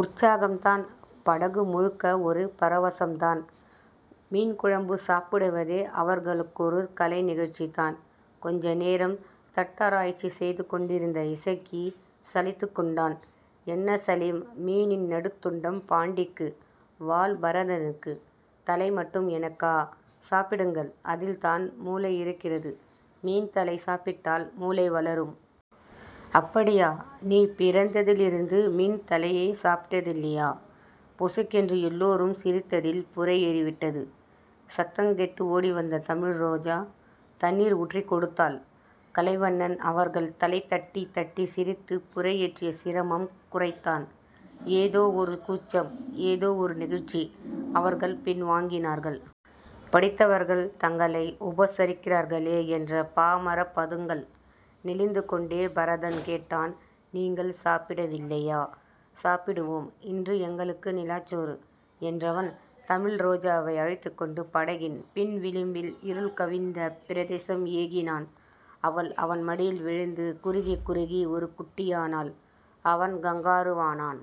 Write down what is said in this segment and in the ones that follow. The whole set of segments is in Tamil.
உற்சாகம்தான். படகு முழுக்க ஒரு பரவசம்தான். மீன்குழம்பு சாப்பிடுவதே அவர்களுக்கொரு கலைநிகழ்ச்சிதான். கொஞ்சநேரம் தட்டாராய்ச்சி செய்து கொண்டிருந்த இசக்கி சலித்துக்கொண்டான். என்ன சலீம். மீனின் நடுத்துண்டம் பாண்டிக்கு. வால் பரதனுக்கு. தலை மட்டும் எனக்கா..? சாப்பிடுங்கள். அதில்தான் முளை இருக்கிறது. மீன் தலை சாப்பிட்டால் மூளை வளரும்... அப்படியா. நீ பிறந்ததிலிருந்து மீன் தலையே சாப்பிட்டதில்லையா..? பொசுக்கென்று எல்லோரும் சிரித்ததில் புரையேறிவிட்டது. சத்தங்கேட்டு ஓடிவந்த தமிழ்ரோஜா தண்ணீர் ஊற்றிக் கொடுத்தாள். கலைவண்ணன் அவர்கள் தலை தட்டித் தட்டி, சிரித்துப் புரையேற்றிய சிரமம் குறைத்தான். ஏதோ ஒரு கூச்சம். ஏதோ ஒரு நெகிழ்ச்சி. அவர்கள் பின்வாங்கினார் படித்தவர்கள் தங்களை உபசரிக்கிறார்களே என்ற பாமரப் பதுங்கல். நெளிந்துகொண்டே பரதன் கேட்டான். நீங்கள் சாப்பிடவில்லையா..? சாப்பிடுவோம். இன்று எங்களுக்கு நிலாச்சோறு... என்றவன், தமிழ்ரோஜாவை அழைத்துக்கொண்டு படகின் பின்விளிம்பில் இருள் கவிந்த பிரதேசம் ஏகினான். அவள், அவன் மடியில் விழுந்து குறுகிக் குறுகி ஒரு குட்டியானாள். அவன் கங்காருவானான்.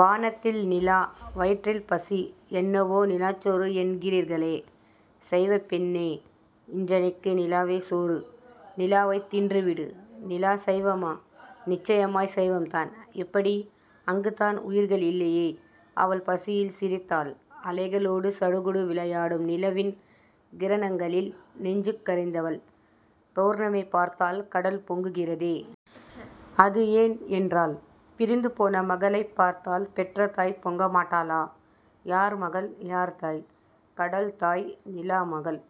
வானத்தில் நிலா. வயிற்றில் பசி. என்னவோ நிலாச்சோறு என்றீர்களே. சைவப்பெண்ணே. இன்றுனக்கு நிலாவே சோறு... நிலாவைத் தின்றுவிடு... நிலா சைவமா..? நிச்சயமாய்ச் சைவம்தான்... எப்படி..? அங்குதான் உயிர்கள் இல்லையே. அவள் பசியில் சிரித்தாள். அலைகளோடு சடுகுடு விளையாடும் நிலவின் கிரணங்களில் நெஞ்சுகரைந்தவள் பெளர்ணமி பார்த்தால் கடல் பொங்குகிறதே. அது ஏன்..? என்றாள். பிரிந்துபோன மகளைப் பார்த்தால் பெற்ற தாய் பொங்கமாட்டாளா..? யார் மகள்..? யார் தாய்..? கடல் தாய்... நிலா மகள்...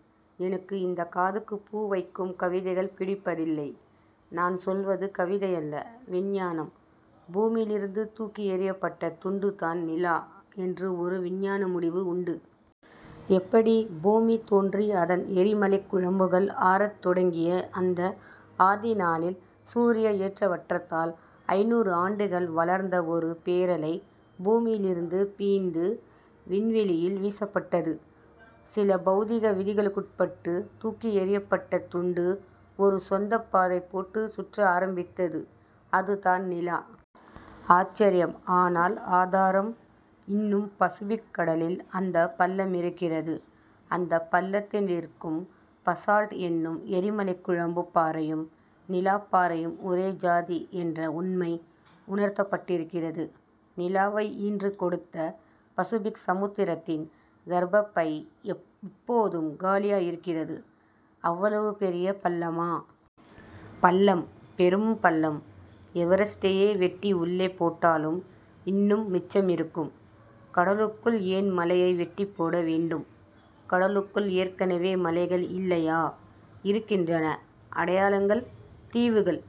எனக்கு இந்தக் காதுக்குப் பூ வைக்கும் கவிதைகள் பிடிப்பதில்லை... நான் சொல்வது கவிதையல்ல. விஞ்ஞானம். பூமியிலிருந்து தூக்கியெறியப்பட்ட துண்டுதான் நிலா என்று ஒரு விஞ்ஞான முடிவு உண்டு... எப்படி..? பூமி தோன்றி அதன் எரிமலைக் குழம்புகள் ஆறத்தொடங்கிய அந்த ஆதிநாளில் சூரிய ஏற்றவற்றத்தால் ஐந்நூறு ஆண்டுகள் வளர்ந்த ஒரு பேரலை பூமியிலிருந்து பிய்ந்து விண்வெளியில் வீசப்பட்டது. சில பெளதிக விதிகளுக்குட்பட்டுத் தூக்கியெறியப்பட்ட துண்டு ஒரு சொந்தப் பாதை போட்டுச் சுற்ற ஆரம்பித்தது. அதுதான் நிலா... ஆச்சரியம். ஆனால் ஆதாரம்..? இன்னும் பசிபிக் கடலில் அந்தப் பள்ளமிருக்கிறது. அந்தப் பள்ளத்திலிருக்கும் பசால்ட் என்னும் எரிமலைக் குழம்புப் பாறையும், நிலாப் பாறையும் ஒரே ஜாதி என்ற உண்மை உணர்த்தப்பட்டிருக்கிறது. நிலாவை ஈன்று கொடுத்த பசிபிக் சமுத்திரத்தின் கர்ப்பப்பை இப்போதும் காலியாயிருக்கிறது... அவ்வளவு பெரிய பள்ளமா..? பள்ளம். பெரும்பள்ளம். எவரெஸட்டை வெட்டி உள்ளே போட்டாலும் இன்னும் மிச்சமிருக்கும்... கடலுக்குள் ஏன் மலையை வெட்டிப் போட வேண்டும். கடலுக்குள் ஏற்கெனவே மலைகள் இல்லையா..? இருக்கின்றன... அடையாளங்கள்..? தீவுகள்...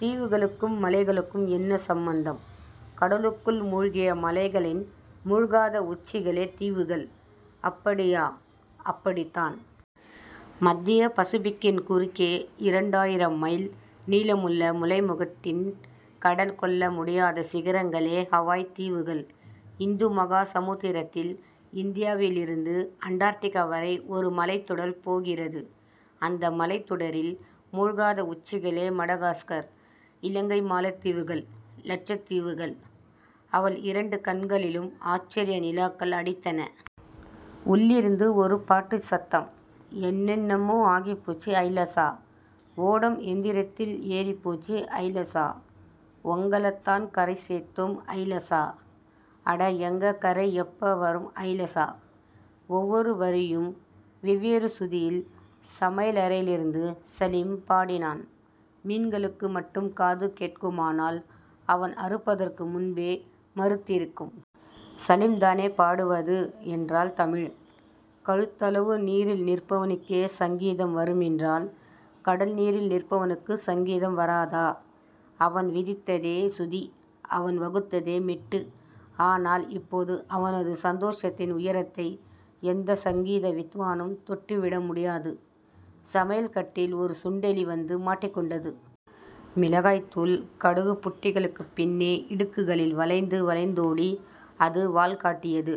தீவுகளுக்கும் மலைகளுக்கும் என்ன சம்பந்தம்..? கடலுக்குள் முழ்கிய மலைகளின் முழ்காத உச்சிகளே தீவுகள்... அப்படியா..? அப்படித்தான்... மத்திய பசிபிக்கின் குறுக்கே இரண்டாயிரம் மைல் நீளமுள்ள மலைமுகட்டின் கடல் கொள்ள முடியாத சிகரங்களே ஹவாய்த் தீவுகள். இந்துமகா சமுத்திரத்தில் இந்தியாவிலிருந்து அண்டார்டிகா வரை ஒரு மலைத்தொடர் போகிறது. அந்த மலைத்தொடரில் முழ்காத உச்சிகளே மடகாஸகர் இலங்கை மாலத்தீவுகள் லட்சத்தீவுகள்... அவள் இரண்டு கண்களிலும் ஆச்சரிய நிலாக்கள் அடித்தன. உள்ளிருந்து ஒரு பாட்டுச் சத்தம். என்னென்னமோ ஆகிப்போச்சு ஐலசா ஓடம் எந்திரத்தில் ஏறிப்போச்சு ஐலசா... ஒங்களத்தான் கரைசேத்தோம் ஐலசா அட எங்க கரை எப்ப வரும் ஐலசா... ஒவ்வொரு வரியையும் வெவ்வேறு சுதியில் சமையலறையிலிருந்து சலீம் பாடினான். மீன்களுக்கு மட்டும் காது கேட்குமானால் அவன் அறுப்பதற்கு முன்பே மரித்திருக்கும். சலீம்தானே பாடுவது..? என்றாள் தமிழ். கழுத்தளவு நீரில் நிற்பவனுக்கே சங்கீதம் வருமென்றால், கடல்நீரில் நிற்பவனுக்குச் சங்கீதம் வராதா..? அவன் விதித்ததே சுதி. அவன் வகுத்ததே மெட்டு. ஆனால், இப்போது அவனது சந்தோஷத்தின் உயரத்தை எந்தச் சங்கீத வித்வானும் தொட்டுவிட முடியாது... சமையல்கட்டில் ஒரு சுண்டெலி வந்து மாட்டிக் கொண்டது. மிளகாய்த்தூள், கடுகுபுட்டிகளுக்குப் பின்னே இடுக்குகளில் வளைந்து வளைந்தோடி அது வால்காட்டியது.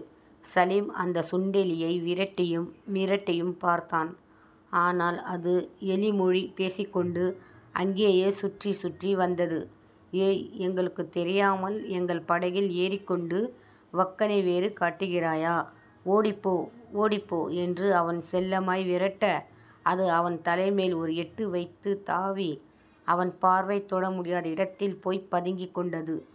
சலீம் அந்தச் சுண்டெலியை விரட்டியும் மிரட்டியும் பார்த்தான். ஆனால், அது எலிமொழி பேசிக்கொண்டு அங்கேயே சுற்றிச்சுற்றி வந்தது. ஏய். எங்களுக்குத் தெரியாமல் எங்கள் படகில் ஏறிக்கொண்டு வக்கணை வேறு காட்டுகிறாயா..? ஓடிப்போ. ஓடிப்போ. என்று அவன் செல்லமாய் விரட்ட, அது அவன் தலைமேல் ஒரு எட்டு வைத்துத் தாவி, அவன் பார்வை தொடமுடியாத இடத்தில் போய்ப் பதுங்கிக்கொண்டது.